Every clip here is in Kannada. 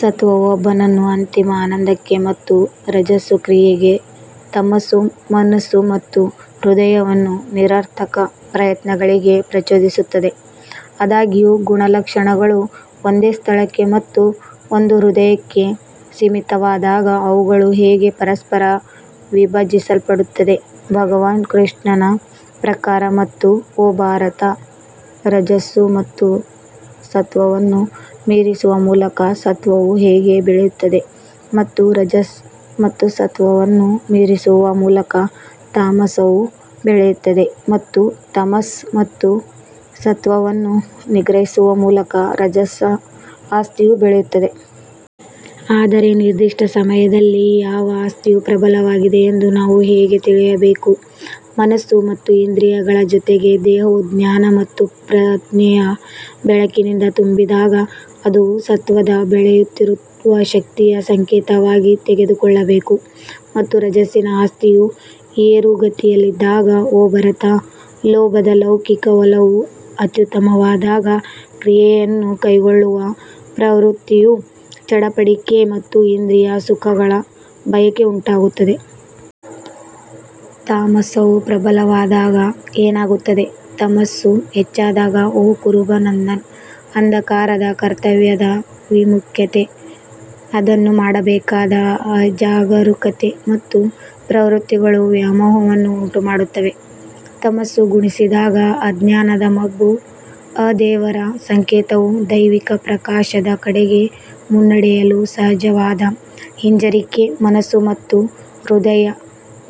ಸತ್ವವು ಒಬ್ಬನನ್ನು ಅಂತಿಮ ಆನಂದಕ್ಕೆ ಮತ್ತು ರಜಸ್ಸು ಕ್ರಿಯೆಗೆ ತಮಸ್ಸು ಮನಸ್ಸು ಮತ್ತು ಹೃದಯವನ್ನು ನಿರರ್ಥಕ ಪ್ರಯತ್ನಗಳಿಗೆ ಪ್ರಚೋದಿಸುತ್ತದೆ. ಆದಾಗ್ಯೂ ಗುಣಲಕ್ಷಣಗಳು ಒಂದೇ ಸ್ಥಳಕ್ಕೆ ಮತ್ತು ಒಂದು ಹೃದಯಕ್ಕೆ ಸೀಮಿತವಾದಾಗ ಅವುಗಳು ಹೇಗೆ ಪರಸ್ಪರ ವಿಭಜಿಸಲ್ಪಡುತ್ತವೆ ಭಗವಾನ್ ಕೃಷ್ಣನ ಪ್ರಕಾರ ಮತ್ತು ಓ ಭಾರತಾ, ರಜಸ್ಸು ಮತ್ತು ಸತ್ವವನ್ನು ಮೀರಿಸುವ ಮೂಲಕ ಸತ್ವವು ಹೇಗೆ ಬೆಳೆಯುತ್ತದೆ ಮತ್ತು ರಜಸ್ ಮತ್ತು ಸತ್ವವನ್ನು ಮೀರಿಸುವ ಮೂಲಕ ತಾಮಸವು ಬೆಳೆಯುತ್ತದೆ ಮತ್ತು ತಮಸ್ ಮತ್ತು ಸತ್ವವನ್ನು ನಿಗ್ರಹಿಸುವ ಮೂಲಕ ರಜಸ್ನ ಆಸ್ತಿಯು ಬೆಳೆಯುತ್ತದೆ. ಆದರೆ ನಿರ್ದಿಷ್ಟ ಸಮಯದಲ್ಲಿ ಯಾವ ಆಸ್ತಿಯು ಪ್ರಬಲವಾಗಿದೆ ಎಂದು ನಾವು ಹೇಗೆ ತಿಳಿಯಬೇಕು ಮನಸ್ಸು ಮತ್ತು ಇಂದ್ರಿಯಗಳ ಜೊತೆಗೆ ದೇಹವು ಜ್ಞಾನ ಮತ್ತು ಪ್ರಜ್ಞೆಯ ಬೆಳಕಿನಿಂದ ತುಂಬಿದಾಗ ಅದು ಸತ್ವದ ಬೆಳೆಯುತ್ತಿರುವ ಶಕ್ತಿಯ ಸಂಕೇತವಾಗಿ ತೆಗೆದುಕೊಳ್ಳಬೇಕು. ಮತ್ತು ರಜಸ್ಸಿನ ಆಸ್ತಿಯು ಏರುಗತಿಯಲ್ಲಿದ್ದಾಗ ಓ ಭರತ ಲೋಭದ ಲೌಕಿಕ ಒಲವು ಅತ್ಯುತ್ತಮವಾದಾಗ ಕ್ರಿಯೆಯನ್ನು ಕೈಗೊಳ್ಳುವ ಪ್ರವೃತ್ತಿಯು ಚಡಪಡಿಕೆ ಮತ್ತು ಇಂದ್ರಿಯ ಸುಖಗಳ ಬಯಕೆ ಉಂಟಾಗುತ್ತದೆ. ತಾಮಸವು ಪ್ರಬಲವಾದಾಗ ಏನಾಗುತ್ತದೆ ತಮಸ್ಸು ಹೆಚ್ಚಾದಾಗ ಓ ಕುರುನಂದನ್ ಅಂಧಕಾರದ ಕರ್ತವ್ಯದ ವಿಮುಖತೆ, ಅದನ್ನು ಮಾಡಬೇಕಾದ ಅಜಾಗರೂಕತೆ ಮತ್ತು ಪ್ರವೃತ್ತಿಗಳು ವ್ಯಾಮೋಹವನ್ನು ಉಂಟುಮಾಡುತ್ತವೆ. ತಮಸ್ಸು ಗುಣಿಸಿದಾಗ ಅಜ್ಞಾನದ ಮಬ್ಬು ಅ ದೇವರ ಸಂಕೇತವು ದೈವಿಕ ಪ್ರಕಾಶದ ಕಡೆಗೆ ಮುನ್ನಡೆಯಲು ಸಹಜವಾದ ಹಿಂಜರಿಕೆ, ಮನಸ್ಸು ಮತ್ತು ಹೃದಯದ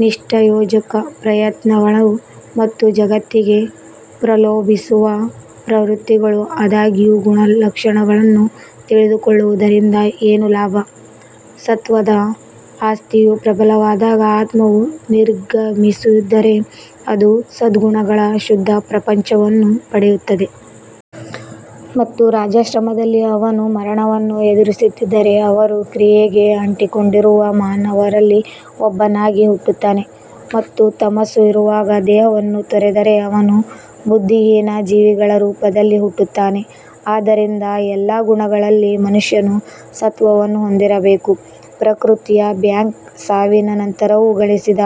ನಿಷ್ಪ್ರಯೋಜಕ ಪ್ರಯತ್ನಗಳು ಮತ್ತು ಜಗತ್ತಿಗೆ ಪ್ರಲೋಭಿಸುವ ಪ್ರವೃತ್ತಿಗಳು ಆದಾಗ್ಯೂ ಗುಣಲಕ್ಷಣಗಳನ್ನು ತಿಳಿದುಕೊಳ್ಳುವುದರಿಂದ ಏನು ಲಾಭ ಸತ್ತ್ವದ ಆಸ್ತಿಯು ಪ್ರಬಲವಾದಾಗ ಆತ್ಮವು ನಿರ್ಗಮಿಸಿದರೆ ಅದು ಸದ್ಗುಣಗಳ ಶುದ್ಧ ಪ್ರಪಂಚವನ್ನು ಪಡೆಯುತ್ತದೆ. ಮತ್ತು ರಾಜಾಶ್ರಯದಲ್ಲಿ ಅವನು ಮರಣವನ್ನು ಎದುರಿಸಿದರೆ ಅವನು ಕ್ರಿಯೆಗೆ ಅಂಟಿಕೊಂಡಿರುವ ಮಾನವರಲ್ಲಿ ಒಬ್ಬನಾಗಿ ಹುಟ್ಟುತ್ತಾನೆ ಮತ್ತು ತಮಸ್ಸು ಇರುವಾಗ ದೇಹವನ್ನು ತೊರೆದರೆ ಅವನು ಬುದ್ಧಿಹೀನ ಜೀವಿಗಳ ರೂಪದಲ್ಲಿ ಹುಟ್ಟುತ್ತಾನೆ. ಆದ್ದರಿಂದ ಎಲ್ಲಾ ಗುಣಗಳಲ್ಲಿ ಮನುಷ್ಯನು ಸತ್ವವನ್ನು ಹೊಂದಿರಬೇಕು ಪ್ರಕೃತಿಯ ಬ್ಯಾಂಕ್ ಸಾವಿನ ನಂತರವೂ ಗಳಿಸಿದ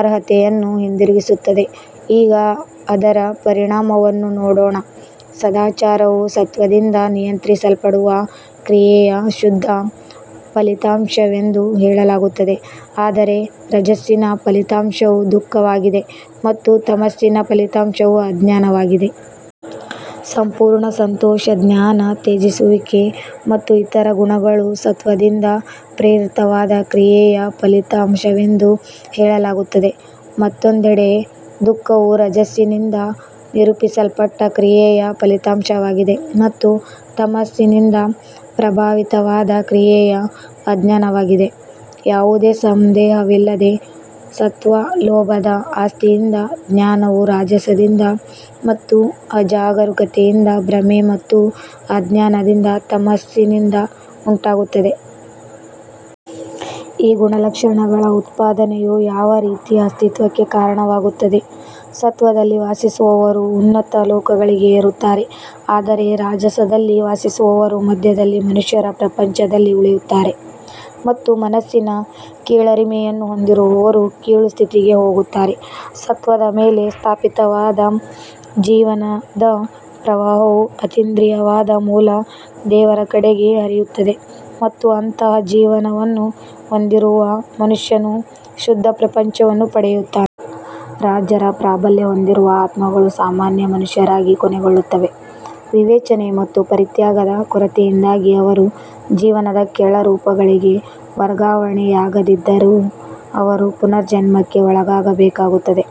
ಅರ್ಹತೆಯನ್ನು ಹಿಂದಿರುಗಿಸುತ್ತದೆ ಈಗ ಅದರ ಪರಿಣಾಮವನ್ನು ನೋಡೋಣ ಸದಾಚಾರವು ಸತ್ತ್ವದಿಂದ ನಿಯಂತ್ರಿಸಲ್ಪಡುವ ಕ್ರಿಯೆಯ ಶುದ್ಧ ಫಲಿತಾಂಶವೆಂದು ಹೇಳಲಾಗುತ್ತದೆ ಆದರೆ ರಜಸ್ಸಿನ ಫಲಿತಾಂಶವು ದುಃಖವಾಗಿದೆ ಮತ್ತು ತಮಸ್ಸಿನ ಫಲಿತಾಂಶವು ಅಜ್ಞಾನವಾಗಿದೆ. ಸಂಪೂರ್ಣ ಸಂತೋಷ ಜ್ಞಾನ ತ್ಯಜಿಸುವಿಕೆ ಮತ್ತು ಇತರ ಗುಣಗಳು ಸತ್ವದಿಂದ ಪ್ರೇರಿತವಾದ ಕ್ರಿಯೆಯ ಫಲಿತಾಂಶವೆಂದು ಹೇಳಲಾಗುತ್ತದೆ. ಮತ್ತೊಂದೆಡೆ ದುಃಖವು ರಜಸ್ಸಿನಿಂದ ನಿರೂಪಿಸಲ್ಪಟ್ಟ ಕ್ರಿಯೆಯ ಫಲಿತಾಂಶವಾಗಿದೆ ಮತ್ತು ತಮಸ್ಸಿನಿಂದ ಪ್ರಭಾವಿತವಾದ ಕ್ರಿಯೆಯ ಅಜ್ಞಾನವಾಗಿದೆ. ಯಾವುದೇ ಸಂದೇಹವಿಲ್ಲದೆ ಸತ್ತ್ವ ಲೋಭದ ಆಸ್ತಿಯಿಂದ ಜ್ಞಾನವು ರಾಜಸದಿಂದ ಮತ್ತು ಅಜಾಗರೂಕತೆಯಿಂದ ಭ್ರಮೆ ಮತ್ತು ಅಜ್ಞಾನದಿಂದ ತಮಸ್ಸಿನಿಂದ ಉಂಟಾಗುತ್ತದೆ. ಈ ಗುಣಲಕ್ಷಣಗಳ ಉತ್ಪಾದನೆಯು ಯಾವ ರೀತಿಯ ಅಸ್ತಿತ್ವಕ್ಕೆ ಕಾರಣವಾಗುತ್ತದೆ ಸತ್ತ್ವದಲ್ಲಿ ವಾಸಿಸುವವರು ಉನ್ನತ ಲೋಕಗಳಿಗೆ ಏರುತ್ತಾರೆ ಆದರೆ ರಾಜಸದಲ್ಲಿ ವಾಸಿಸುವವರು ಮಧ್ಯದಲ್ಲಿ ಮನುಷ್ಯರ ಪ್ರಪಂಚದಲ್ಲಿ ಉಳಿಯುತ್ತಾರೆ ಮತ್ತು ತಮಸ್ಸಿನ ಕೀಳರಿಮೆಯನ್ನು ಹೊಂದಿರುವವರು ಕೀಳು ಸ್ಥಿತಿಗೆ ಹೋಗುತ್ತಾರೆ. ಸತ್ವದ ಮೇಲೆ ಸ್ಥಾಪಿತವಾದ ಜೀವನದ ಪ್ರವಾಹವು ಅತೀಂದ್ರಿಯವಾದ ಮೂಲ ದೇವರ ಕಡೆಗೆ ಹರಿಯುತ್ತದೆ ಮತ್ತು ಅಂತಹ ಜೀವನವನ್ನು ಹೊಂದಿರುವ ಮನುಷ್ಯನು ಶುದ್ಧ ಪ್ರಪಂಚವನ್ನು ಪಡೆಯುತ್ತಾನೆ. ರಾಜರ ಪ್ರಾಬಲ್ಯ ಹೊಂದಿರುವ ಆತ್ಮಗಳು ಸಾಮಾನ್ಯ ಮನುಷ್ಯರಾಗಿ ಕೊನೆಗೊಳ್ಳುತ್ತವೆ ವಿವೇಚನೆ ಮತ್ತು ಪರಿತ್ಯಾಗದ ಕೊರತೆಯಿಂದಾಗಿ ಅವರು ಜೀವನದ ಕೆಳ ರೂಪಗಳಿಗೆ ವರ್ಗಾವಣೆಯಾಗದಿದ್ದರೂ ಅವರು ಪುನರ್ಜನ್ಮಕ್ಕೆ ಒಳಗಾಗಬೇಕಾಗುತ್ತದೆ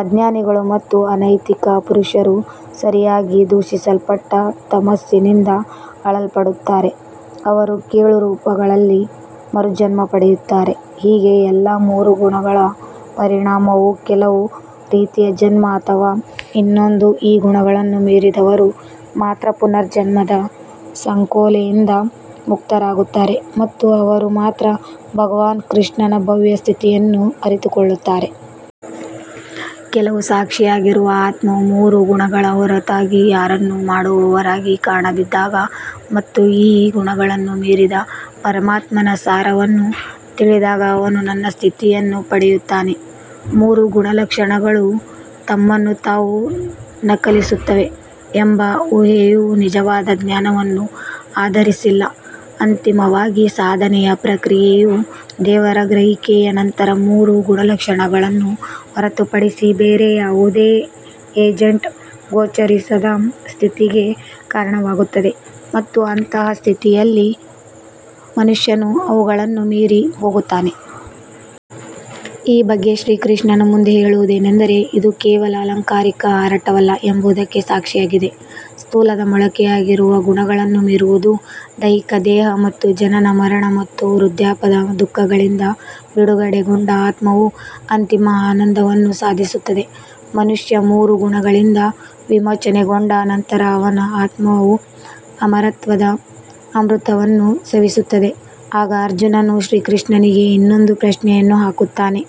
ಅಜ್ಞಾನಿಗಳು ಮತ್ತು ಅನೈತಿಕ ಪುರುಷರು ಸರಿಯಾಗಿ ದೂಷಿಸಲ್ಪಟ್ಟ ತಮಸ್ಸಿನಿಂದ ಆಳಲ್ಪಡುತ್ತಾರೆ ಅವರು ಕೀಳು ರೂಪಗಳಲ್ಲಿ ಮರುಜನ್ಮ ಪಡೆಯುತ್ತಾರೆ. ಹೀಗೆ ಎಲ್ಲಾ ಮೂರು ಗುಣಗಳ ಪರಿಣಾಮವು ಕೆಲವು ರೀತಿಯ ಜನ್ಮ ಅಥವಾ ಇನ್ನೊಂದು ಈ ಗುಣಗಳನ್ನು ಮೀರಿದವರು ಮಾತ್ರ ಪುನರ್ಜನ್ಮದ ಸಂಕೋಲೆಯಿಂದ ಮುಕ್ತರಾಗುತ್ತಾರೆ ಮತ್ತು ಅವರು ಮಾತ್ರ ಭಗವಾನ್ ಕೃಷ್ಣನ ಭವ್ಯ ಸ್ಥಿತಿಯನ್ನು ಅರಿತುಕೊಳ್ಳುತ್ತಾರೆ. ಕೇವಲ ಸಾಕ್ಷಿಯಾಗಿರುವ ಆತ್ಮವು ಮೂರು ಗುಣಗಳ ಹೊರತಾಗಿ ಯಾರನ್ನೂ ಮಾಡುವವರಾಗಿ ಕಾಣದಿದ್ದಾಗ ಮತ್ತು ಈ ಗುಣಗಳನ್ನು ಮೀರಿದ ಪರಮಾತ್ಮನ ಸಾರವನ್ನು ತಿಳಿದಾಗ ಅವನು ನನ್ನ ಸ್ಥಿತಿಯನ್ನು ಪಡೆಯುತ್ತಾನೆ. ಮೂರು ಗುಣಲಕ್ಷಣಗಳು ತಮ್ಮನ್ನು ತಾವು ನಕಲಿಸುತ್ತವೆ ಎಂಬ ಊಹೆಯು ನಿಜವಾದ ಜ್ಞಾನವನ್ನು ಆಧರಿಸಿಲ್ಲ ಅಂತಿಮವಾಗಿ ಸಾಧನೆಯ ಪ್ರಕ್ರಿಯೆಯು ದೇವರ ಗ್ರಹಿಕೆಯ ನಂತರ ಮೂರು ಗುಣಲಕ್ಷಣಗಳನ್ನು ಹೊರತುಪಡಿಸಿ ಬೇರೆ ಯಾವುದೇ ಏಜೆಂಟ್ ಗೋಚರಿಸದ ಸ್ಥಿತಿಗೆ ಕಾರಣವಾಗುತ್ತದೆ ಮತ್ತು ಅಂತಹ ಸ್ಥಿತಿಯಲ್ಲಿ ಮನುಷ್ಯನು ಅವುಗಳನ್ನು ಮೀರಿ ಹೋಗುತ್ತಾನೆ. ಈ ಬಗ್ಗೆ ಶ್ರೀಕೃಷ್ಣನು ಮುಂದೆ ಹೇಳುವುದೇನೆಂದರೆ ಇದು ಕೇವಲ ಅಲಂಕಾರಿಕ ಹಾರಾಟವಲ್ಲ ಎಂಬುದಕ್ಕೆ ಸಾಕ್ಷಿಯಾಗಿದೆ ಸ್ಥೂಲದ ಮೊಳಕೆಯಾಗಿರುವ ಗುಣಗಳನ್ನು ಮೀರುವುದು ದೈಹಿಕ ದೇಹ ಮತ್ತು ಜನನ ಮರಣ ಮತ್ತು ವೃದ್ಧಾಪ್ಯದ ದುಃಖಗಳಿಂದ ಬಿಡುಗಡೆಗೊಂಡ ಆತ್ಮವು ಅಂತಿಮ ಆನಂದವನ್ನು ಸಾಧಿಸುತ್ತದೆ ಮನುಷ್ಯ ಮೂರು ಗುಣಗಳಿಂದ ವಿಮೋಚನೆಗೊಂಡ ನಂತರ ಅವನ ಆತ್ಮವು ಅಮರತ್ವದ ಅಮೃತವನ್ನು ಸವಿಯುತ್ತದೆ ಆಗ ಅರ್ಜುನನು ಶ್ರೀಕೃಷ್ಣನಿಗೆ ಇನ್ನೊಂದು ಪ್ರಶ್ನೆಯನ್ನು ಹಾಕುತ್ತಾನೆ.